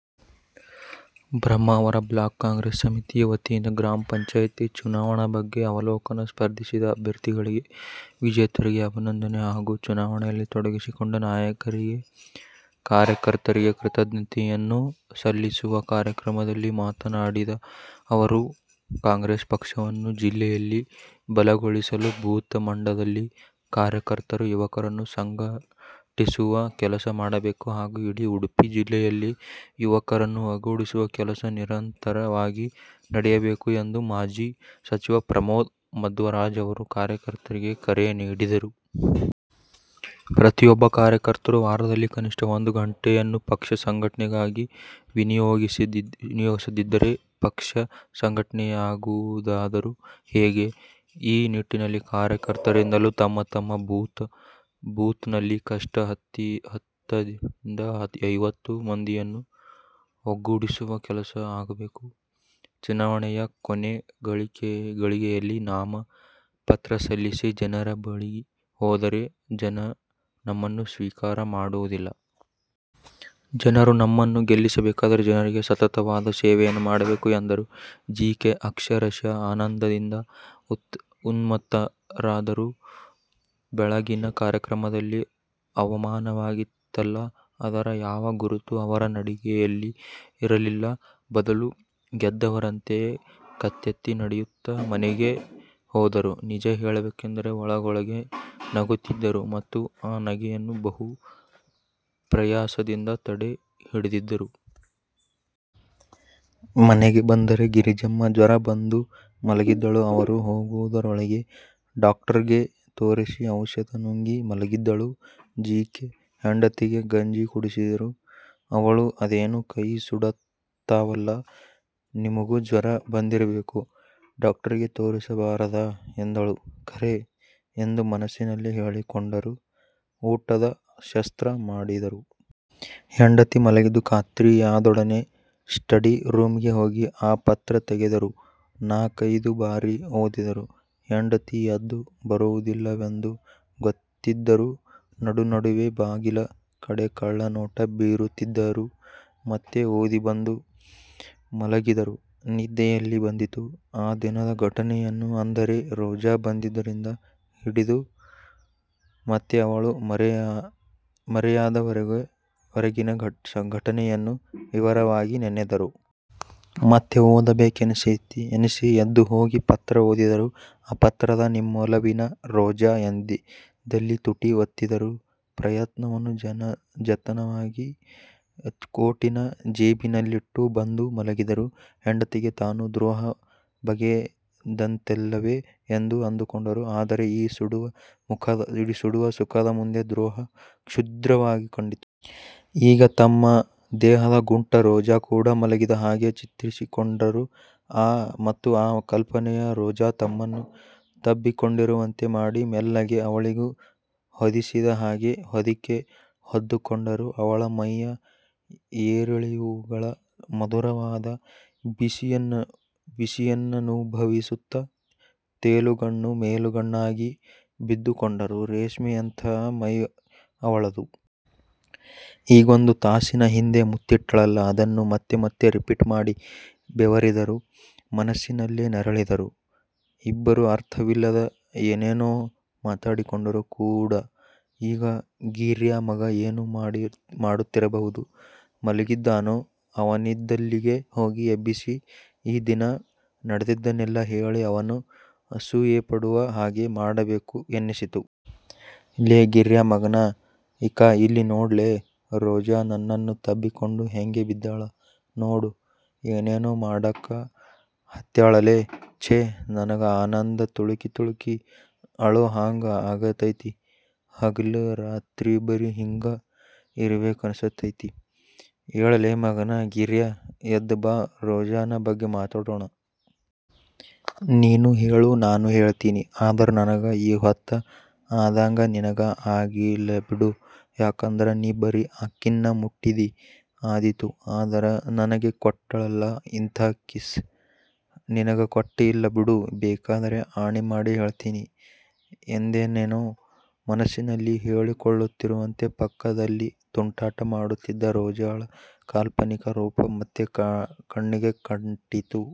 Brahmavar block Congress ಸಮಿತಿಯ ವತಿಯಿಂದ ಗ್ರಾಮ ಪಂಚಾಯತ್ ಚುನಾವಣಾ ಬಗ್ಗೆ ಅವಲೋಕನ, ಸ್ಪರ್ಧಿಸಿದ ಅಭ್ಯರ್ಥಿಗಳಿಗೆ, ವಿಜೇತರಿಗೆ ಅಭಿನಂದನೆ ಹಾಗೂ ಚುನಾನಣೆಯಲ್ಲಿ ತೊಡಗಿಸಿಕೊಂಡ ನಾಯಕರಿಗೆ, ಕಾರ್ಯಕರ್ತರಿಗೆ ಕೃತಜ್ಞತೆಯನ್ನ ಸಲ್ಲಿಸುವ ಕಾರ್ಯಕ್ರಮದಲ್ಲಿ ಮಾತನಾಡಿದ ಅವರು, ಕಾಂಗ್ರೆಸ್ ಪಕ್ಷವನ್ನು ಜಿಲ್ಲೆಯಲ್ಲಿ ಬಲಗೊಳಿಸಲು ಬೂತ್ ಮಟ್ಟದಲ್ಲಿ ಕಾರ್ಯಕರ್ತರು ಯುವಕರನ್ನು ಸಂಘ ಟಿಸುವ ಕೆಲಸ ಮಾಡಬೇಕು ಹಾಗೂ ಇಡೀ ಉಡುಪಿ ಜಿಲ್ಲೆಯಲ್ಲಿ ಯುವಕರನ್ನು ಒಗ್ಗೂಡಿಸುವ ಕೆಲಸ ನಿರಂತರ ವಾಗಿ ನಡೆಯಬೇಕು ಎಂದು ಮಾಜಿ ಸಚಿವ ಪ್ರಮೋದ್ ಮಧ್ವರಾಜ್ ಅವರು ಕಾರ್ಯಕರ್ತರಿಗೆ ಕರೆ ನೀಡಿದರು. ಪ್ರತಿಯೊಬ್ಬ ಕಾರ್ಯಕರ್ತರು ವಾರದಲ್ಲಿ ಕನಿಷ್ಟ ಒಂದು ಗಂಟೆಯನ್ನು ಪಕ್ಷ ಸಂಘಟನೆಗಾಗಿ ವಿನಿಯೋಗಿಸದಿದ್ದರೆ ಪಕ್ಷ ಸಂಘಟನೆಯಾಗುವುದಾದರೂ ಹೇಗೆ. ಈ ನಿಟ್ಟಿನಲ್ಲಿ ಕಾರ್ಯಕರ್ತರಿಂದಲೂ ತಮ್ಮ ತಮ್ಮ ಬೂತ್ ನಲ್ಲಿ ಕನಿಷ್ಟ ಹತ್ತರಿಂದ ಐವತ್ತು ಮಂದಿಯನ್ನು ಒಗ್ಗೂಡಿಸುವ ಕೆಲಸ ಆಗಬೇಕು. ಚುನಾವಣೆಯ ಕೊನೇ ಗಳಿಗೆಯಲ್ಲಿ ನಾಮ ಪತ್ರ ಸಲ್ಲಿಸಿ ಜನರ ಬಳಿ ಹೋದರೆ ಜನ ನಮ್ಮನ್ನು ಸ್ವೀಕಾರ ಮಾಡುವುದಿಲ್ಲ. ಜನರು ನಮ್ಮನ್ನು ಗೆಲ್ಲಿಸಬೇಕಾದರೆ ಜನರಿಗೆ ಸತತವಾದ ಸೇವೆಯನ್ನು ಮಾಡಬೇಕು ಎಂದರು. ಜೀಕೆ ಅಕ್ಷರಶಃ ಆನಂದಿಂದ ಉನ್ಮತ್ತರಾದರು. ಬೆಳಗಿನ ಕಾರ್ಯಕ್ರಮದಲ್ಲಿ ಅವಮಾನವಾಗಿತ್ತಲ್ಲ ಅದರ ಯಾವ ಗುರುತೂ ಅವರ ನಡಿಗೆಯಲ್ಲಿರಲಿಲ್ಲ. ಬದುಲು ಗೆದ್ದವರಂತೆ ಕತ್ತೆತ್ತಿ ನಡೆಯುತ್ತ ಮನೆಗೆ ಹೋದರು. ನಿಜ ಹೇಳಬೇಕೆಂದರೆ ಒಳಗೊಳಗೇ ನಗುತ್ತಿದ್ದರು. ಮತ್ತು ಆ ನಗೆಯನ್ನು ಬಹು ಪ್ರಯಾಸದಿಂದ ತಡೆ ಹಿಡಿದಿದ್ದರು. ಮನೆಗೆ ಬಂದರೆ ಗಿರಿಜಮ್ಮ ಜ್ವರ ಬಂದು ಮಲಗಿದ್ದಳು. ಇವರು ಹೋಗುವುದರೊಳಗೆ ಡಾಕ್ಟರ್ಗೆ ತೋರಿಸಿ ಔಷಧಿ ನುಂಗಿ ಮಲಗಿದ್ದಳು. ಜೀಕೆ ಹೆಂಡತಿಗೆ ಗಂಜಿ ಕುಡಿಸಿದರು. ಅವಳು 'ಅದೇನು ಕೈಸುಡುತ್ತಾವಲ್ಲ, ನಿಮಗೂ ಜ್ವರ ಬಂದಿರಬೇಕು. ಡಾಕ್ಟರಿಗೆ ತೋರಿಸಬಾರದ? ' ಎಂದಳು. 'ಖರೆ' ಎಂದು ಮನಸ್ಸಿನಲ್ಲೆ ಹೇಳಿಕೊಂಡರು. ಊಟದ ಶಾಸ್ತ್ರ ಮಾಡಿದರು. ಹೆಂಡತಿ ಮಲಗಿದ್ದು ಖಾತ್ರಿಯಾದೊಡನೆ ಸ್ಟಡಿ ರೂಮಿಗೆ ಹೋಗಿ ಆ ಪತ್ರ ತೆಗೆದರು. ನಾಕೈದು ಬಾರಿ ಓದಿದರು. ಹೆಂಡತಿ ಎದ್ದು ಬರುವುದಿಲ್ಲವೆಂದು ಗೊತ್ತಿದ್ದರೂ ನಡುನಡುವೆ ಬಾಗಿಲ ಕಡೆ ಕಳ್ಳ ನೋಟ ಬೀರುತ್ತಿದ್ದರು. ಮತ್ತೆ ಓದಿ ಬಂದು ಮಲಗಿದರು. ನಿದ್ದೆಯಲ್ಲಿ ಬಂದೀತು? ಆ ದಿನದ ಘಟನೆಯನ್ನು ಅಂದರೆ ರೋಜಾ ಬಂದಿದ್ದರಿಂದ ಹಿಡಿದು ಮತ್ತೆ ಅವಳು ಮರೆಯಾದವರೆಗಿನ ಘಟನೆಯನ್ನು ವಿವರವಾಗಿ ನೆನೆದರು. ಮತ್ತೆ ಓದಬೇಕೆನಿಸಿ ಎದ್ದು ಹೋಗಿ ಪತ್ರ ಓದಿದರು. ಆ ಪತ್ರದ 'ನಿಮ್ಮೊಲವಿನ ರೋಜಾ' ಎಂದಿದ್ದಲ್ಲಿ ತುಟಿ ಒತ್ತಿದರು. ಪತ್ರವನ್ನು ಜತನವಾಗಿ ಕೋಟಿನ ಜೇಬಿನಲ್ಲಿಟ್ಟು ಬಂದು ಮಲಗಿದರು. ಹೆಂಡತಿಗೆ ತಾನು ದ್ರೋಹ ಬಗೆದಂತಲ್ಲವೇ ಎಂದು ಅಂದುಕೊಂಡರು. ಆದರೆ ಈ ಸುಡುವ ಸುಖದ ಮುಂದೆ ದ್ರೋಹ ಕ್ಷುದ್ರವಾಗಿ ಕಂಡಿತು. ಈಗ ತಮ್ಮ ದೇಹದ ಗುಂಟ ರೋಜಾ ಕೂಡ ಮಲಗಿದ ಹಾಗೆ ಚಿತ್ರಿಸಿಕೊಂಡರು. ಮತ್ತು ಆ ಕಲ್ಪನೆಯ ರೋಜಾ ತಮ್ಮನ್ನು ತಬ್ಬಿಕೊಂಡಿರುವಂತೆ ಮಾಡಿ ಮೆಲ್ಲಗೆ ಅವಳಿಗೂ ಹೊದಿಸಿದ ಹಾಗೆ ಹೊದಿಕೆ ಹೊದ್ದುಕೊಂಡರು. ಅವಳ ಮೈಯ ಏರಿಳಿವುಗಳ ಮಧುರವಾದ ಬಿಸಿಯನ್ನನುಭವಿಸುತ್ತ ತೇಲುಗಣ್ಣು ಮೇಲುಗಣ್ಣಾಗಿ ಬಿದ್ದುಕೊಂಡರು. ರೇಷ್ಮೆಯಂಥ ಮೈ ಅವಳದು. ಈಗೊಂದು ತಾಸಿನ ಹಿಂದೆ ಮುತ್ತಿಟ್ಟಳಲ್ಲ ಅದನ್ನು ಮತ್ತೆ ಮತ್ತೆ ರಿಪೀಟ್ ಮಾಡಿ ಬೆವರಿದರು. ಮನಸ್ಸಿನಲ್ಲೇ ನರಳಿದರು. ಇಬ್ಬರೂ ಅರ್ಥವಿಲ್ಲದ ಏನೇನೋ ಮಾತಾಡಿಕೊಂಡರು ಕೂಡ. ಈಗ ಗಿರ್ಯಾ ಮಗ ಏನು ಮಾಡುತ್ತಿರಬಹುದು? ಮಲಗಿದ್ದಾನೋ ಅವನಿದ್ದಲ್ಲಿಗೆ ಹೋಗಿ ಎಬ್ಬಿಸಿ, ಈ ದಿನ ನಡೆದದ್ದನ್ನೆಲ್ಲ ಹೇಳಿ ಅವನು ಅಸೂಯೆಪಡುವ ಹಾಗೆ ಮಾಡಬೇಕು ಎನ್ನಿಸಿತು. 'ಲೇ ಗಿರ್ಯಾ ಮಗನ, ಇಕಾ ಇಲ್ಲಿ ನೋಡಲೆ; ರೋಜಾ ನನ್ನನ್ನು ತಬ್ಬಿಕೊಂಡು ಹೆಂಗ ಬಿದ್ದಾಳ ನೋಡು. ಏನೇನೋ ಮಾಡಕ ಹತ್ಯಾಳಲೇ! ಛೇ, ನನಗ ಆನಂದ ತುಳುಕಿ ತುಳುಕಿ ಅಳೋ ಹಾಂಗ ಆಗತೈತಿ, ಹಗಲಿ ರಾತ್ರಿ ಬರಿ ಹಿಂಗ ಇರಬೇಕನಸತೈತಿ. ಏಳಲೇಮಗನ ಗಿರ್ಯಾ, ಎದ್ದ ಬಾ, ರೋಜಾನ ಬಗ್ಗೆ ಮಾತಾಡೋಣ. ನೀನೂ ಹೇಳು ನಾನೂ ಹೇಳತೀನಿ. ಆದರ ನನಗ ಈ ಹೊತ್ತ ಅಧಾಂಗ ನಿನಗ ಆಗಿಲ್ಲಬಿಡು. ಯಾಕಂದರ ನೀ ಬರೀ ಆಕೀನ್ನ ಮುಟ್ಟಿದ್ದೀ ಆದೀತು, ಆದರ ನನಗೆ ಕೊಟ್ಟಳಲ್ಲ ಅಂಥ ಕಿಸ್ ನಿನಗ ಕೊಟ್ಟ ಇಲ್ಲ ಬಿಡು. ಬೇಕಾದರ ಆಣೀ ಮಾಡಿ ಹೇಳತೀನಿ. ' ಎಂದೇನೇನೋ ಮನಸ್ಸಿನಲ್ಲಿ ಹೇಳಿಕೊಳ್ಳುತ್ತಿರುವಂತೆ ಪಕ್ಕದಲ್ಲಿ ತುಂಟಾಟ ಮಾಡುತ್ತಿದ್ದ ರೋಜಾಳ ಕಾಲ್ಪನಿಕ ರೂಪ ಮತ್ತೆ ಕಣ್ಣಿಗೆ ಕಟ್ಟಿತು.